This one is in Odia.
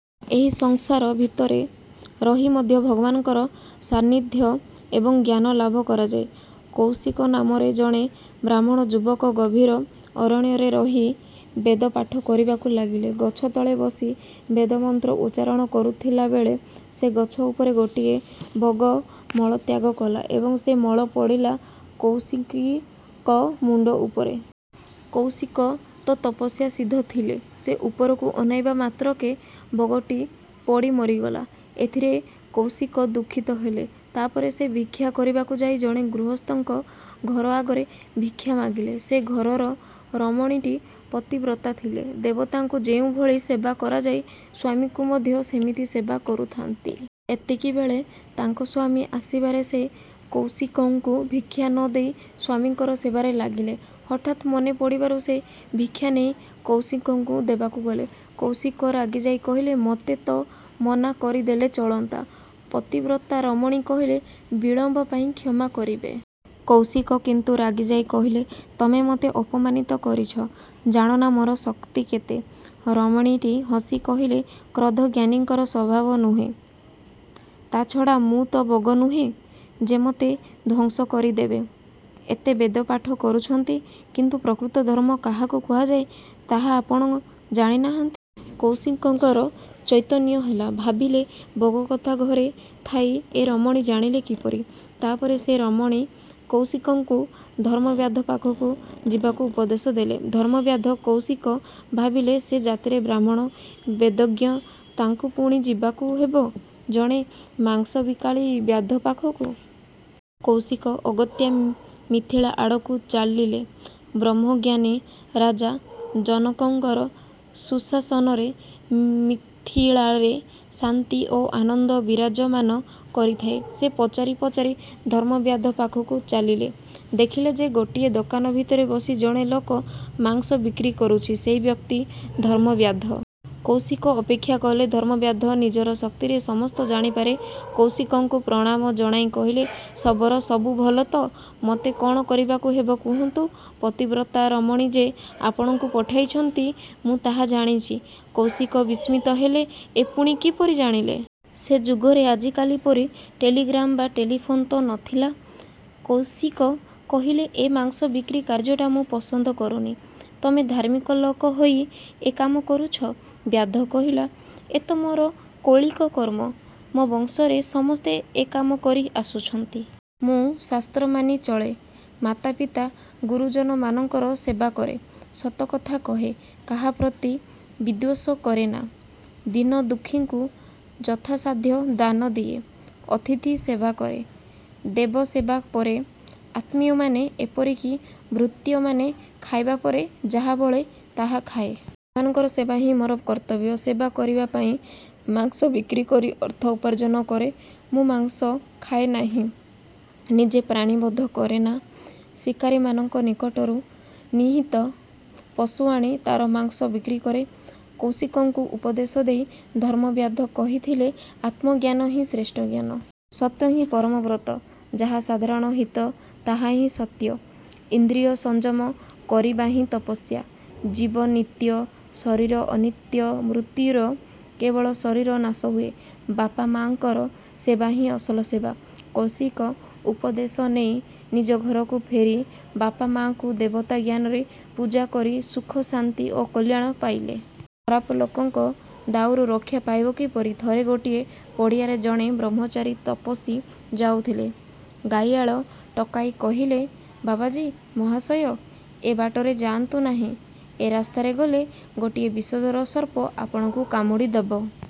ଏହି ସଂସାର ଭିତରେ ରହି ମଧ୍ୟ ଭଗବାନଙ୍କର ସାନ୍ନିଧ୍ୟ ଏବଂ ଜ୍ଞାନ ଲାଭ କରାଯାଏ। କୌଶିକ ନାମରେ ଜଣେ ବ୍ରାହ୍ମଣ ଯୁବକ ଗଭୀର ଅରଣ୍ୟରେ ରହି ବେଦ ପାଠ କରିବାକୁ ଲାଗିଲେ। ଗଛତଳେ ବସି ବେଦମନ୍ତ୍ର ଉଚ୍ଚାରଣ କରୁଥିଲାବେଳେ ସେ ଗଛ ଉପରେ ଗୋଟିଏ ବଗ ମଳତ୍ୟାଗ କଲା ଏବଂ ସେ ମଳ ପଡ଼ିଲା କୌଶିକଙ୍କ ମୁଣ୍ତ ଉପରେ। କୌଶିକ ତ ତପସ୍ୟାସିଦ୍ଧ ଥିଲେ। ସେ ଉପରକୁ ଅନାଇବା ମାତ୍ରକେ ବଗଟି ପୋଡ଼ି ମରିଗଲା। ଏଥିରେ କୌଶିକ ଦୁଃଖିତ ହେଲେ। ତା'ପରେ ସେ ଭିକ୍ଷା କରିବାକୁ ଯାଇ ଜଣେ ଗୃହସ୍ଥଙ୍କ ଘର ଆଗରେ ଭିକ୍ଷା ମାଗିଲେ ସେ ଘରର ରମଣୀଟି ପତିବ୍ରତା ଥିଲେ। ଦେବତାଙ୍କୁ ଯେଉଁଭଳି ସେବା କରାଯାଏ ସ୍ୱାମୀଙ୍କୁ ମଧ୍ୟ ସେମିତି ସେବା କରୁଥାନ୍ତି। ଏତିକିବେଳେ ତାଙ୍କ ସ୍ୱାମୀ ଆସିବାରେ ସେ କୌଶିକଙ୍କୁ ଭିକ୍ଷା ନ ଦେଇ ସ୍ୱାମୀଙ୍କର ସେବାରେ ଲାଗିଲେ। ହଠାତ୍ ମନେ ପଡ଼ିବାରୁ ସେ ଭିକ୍ଷା ନେଇ କୌଶିକଙ୍କୁ ଦେବାକୁ ଗଲେ। କୌଶିକ ରାଗିଯାଇ କହିଲେ, ''ମୋତେ ତ ମନା କରିଦେଲେ ଚଳନ୍ତା। '' ପତିବ୍ରତା ରମଣୀ କହିଲେ—''ବିଳମ୍ୱ ପାଇଁ କ୍ଷମା କରିବେ। '' କୌଶିକ କିନ୍ତୁ ରାଗିଯାଇ କହିଲେ—''ତମେ ମୋତେ ଅପମାନିତ କରିଛ, ଜାଣନା ମୋର ଶକ୍ତି କେତେ? '' ରମଣୀଟି ହସି କହିଲେ—''କ୍ରୋଧ ଜ୍ଞାନୀଙ୍କର ସ୍ୱଭାବ ନୁହେଁ। ତା' ଛଡ଼ା ମୁଁ ତ ବଗ ନୁହେଁ ଯେ ମୋତେ ଧ୍ୱଂସ କରିଦେବେ। ଏତେ ବେଦପାଠ କରୁଛନ୍ତି, କିନ୍ତୁ ପ୍ରକୃତ ଧର୍ମ କାହାକୁ କୁହାଯାଏ ତାହା ଆପଣ ଜାଣି ନାହାନ୍ତି। '' କୌଶିକଙ୍କର ଚୈତନ୍ୟ ହେଲା। ଭାବିଲେ, ବଗକଥା ଘରେ ଥାଇ ଏ ରମଣୀ ଜାଣିଲେ କିପରି? ତା' ପରେ ସେ ରମଣୀ କୌଶିକଙ୍କୁ ଧର୍ମବ୍ୟାଧ ପାଖକୁ ଯିବାକୁ ଉପଦେଶ ଦେଲେ। ଧର୍ମବ୍ୟାଧ କୌଶିକ ଭାବିଲେ, ସେ ଜାତିରେ ବ୍ରାହ୍ମଣ—ବେଦଜ୍ଞ। ତାଙ୍କୁ ପୁଣି ଯିବାକୁ ହେବ ଜଣେ ମାଂସବିକାଳି ବ୍ୟାଧ ପାଖକୁ। କୌଶିକ ଅଗତ୍ୟା ମିଥିଳା ଆଡ଼କୁ ଚାଲିଲେ। ବ୍ରହ୍ମଜ୍ଞାନୀ ରାଜା ଜନକଙ୍କର ସୁଶାସନରେ ମିଥିଳାରେ ଶାନ୍ତି ଓ ଆନନ୍ଦ ବିରାଜମାନ କରିଥାଏ। ସେ ପଚାରି ପଚାରି ଧର୍ମବ୍ୟାଧ ପାଖକୁ ଚାଲିଲେ। ଦେଖିଲେ ଯେ ଗୋଟିଏ ଦୋକାନ ଭିତରେ ବସି ଜଣେ ଲୋକ ମାଂସ ବିକ୍ରି କରୁଛି। ସେଇ ବ୍ୟକ୍ତି ଧର୍ମବ୍ୟାଧ। କୌଶିକ ଅପେକ୍ଷା କଲେ। ଧର୍ମବ୍ୟାଧ ନିଜର ଶକ୍ତିରେ ସମସ୍ତ ଜାଣିପାରି କୌଶିକଙ୍କୁ ପ୍ରଣାମ ଜଣାଇ କହିଲେ—''ଶବର! ସବୁ ଭଲ ତ-? ମୋତେ କ'ଣ କରିବାକୁ ହେବ କୁହନ୍ତୁ। ପତିବ୍ରତା ରମଣୀ ଯେ ଆପଣଙ୍କୁ ପଠାଇଛନ୍ତି, ମୁଁ ତାହା ଜାଣିଛି। '' କୌଶିକ ବିସ୍ମିତ ହେଲେ। ଏ ପୁଣି କିପରି ଜାଣିଲେ। ସେ ଯୁଗରେ ଆଜିକାଲି ପରି ଟେଲିଗ୍ରାମ ବା ଟେଲିଫୋନ ତ ନ ଥିଲା। କୌଶିକ କହିଲେ—''ଏ ମାଂସ ବିକ୍ରି କାର୍ଯ୍ୟଟା ମୁଁ ପସନ୍ଦ କରୁନି। ତମେ ଧାର୍ମିକ ଲୋକ ହୋଇ ଏ କାମ କରୁଛ।? '' ବ୍ୟାଧ କହିଲା—''ଏ ତ ମୋର କୌଳିକ କର୍ମ। ମୋ ବଂଶରେ ସମସ୍ତେ ଏ କାମ କରି ଆସୁଛନ୍ତି। ମୁଁ ଶାସ୍ତ୍ର ମାନି ଚଳେ। ମାତାପିତା ଗୁରୁଜନମାନଙ୍କର ସେବା କରେ। ସତ କଥା କହେ, କାହା ପ୍ରତି ବିଦ୍ୱେଷ କରେନା। ଦୀନଦୁଃଖୀଙ୍କୁ ଯଥାସାଧ୍ୟ ଦାନ ଦିଏ। ଅତିଥି ସେବା କରେ-। ଦେବସେବା ପରେ ଆତ୍ମୀୟମାନେ ଏପରିକି ଭୃତ୍ୟମାନେ ଖାଇବା ପରେ ଯାହା ବଳେ, ତାହା ଖାଏ। ଏମାନଙ୍କର ସେବା ହିଁ ମୋର କର୍ତ୍ତବ୍ୟ। ସେବା କରିବା ପାଇଁ ମାଂସ ବିକ୍ରିକରି ଅର୍ଥ ଉପାର୍ଜନ କରେ। ମୁଁ ମାଂସ ଖାଏ ନାହିଁ—ନିଜେ ପ୍ରାଣୀବଧ କରେନା! ଶିକାରୀମାନଙ୍କ ନିକଟରୁ ନିହତ ପଶୁ ଆଣି ତାର ମାଂସ ବିକ୍ରି କରେ। '' କୌଶିକଙ୍କୁ ଉପଦେଶ ଦେଇ ଧର୍ମବ୍ୟାଧ କହିଥିଲେ, ''ଆତ୍ମଜ୍ଞାନ ହିଁ ଶ୍ରେଷ୍ଠ ଜ୍ଞାନ। ସତ୍ୟହିଁ ପରମ ବ୍ରତ। ଯାହା ସାଧାରଣର ହିତ ତାହାହିଁ ସତ୍ୟ। ଇନ୍ଦ୍ରିୟ ସଂଯମ କରିବାହିଁ ତପସ୍ୟା-। ଜୀବ ନିତ୍ୟ, ଶରୀର ଅନିତ୍ୟ। ମୃତ୍ୟୁରେ କେବଳ ଶରୀର ନାଶ ହୁଏ। ବାପା ମାଆଙ୍କର ସେବାହିଁ ଅସଲ ସେବା। '' କୌଶିକ ଉପଦେଶ ନେଇ ନିଜ ଘରକୁ ଫେରି ବାପାମାଆଙ୍କୁ ଦେବତା ଜ୍ଞାନରେ ପୂଜା କରି ସୁଖ, ଶାନ୍ତି ଓ କଲ୍ୟାଣ ପାଇଲେ। ଖରାପ ଲୋକଙ୍କ ଦାଉରୁ ରକ୍ଷା ପାଇବ କିପରି? ଥରେ ଗୋଟିଏ ପଡ଼ିଆରେ ଜଣେ ବ୍ରହ୍ମଚାରୀ ତପସ୍ୱୀ ଯାଉଥିଲେ। ଗାଈଆଳ ଟୋକାଏ କହିଲେ, 'ବାବାଜୀ ମହାଶୟ, ଏ ବାଟରେ ଯାନ୍ତୁ ନାହିଁ। ଏ ରାସ୍ତାରେ ଗଲେ ଗୋଟିଏ ବିଷଧର ସର୍ପ ଆପଣଙ୍କୁ କାମୁଡ଼ି ଦେବ।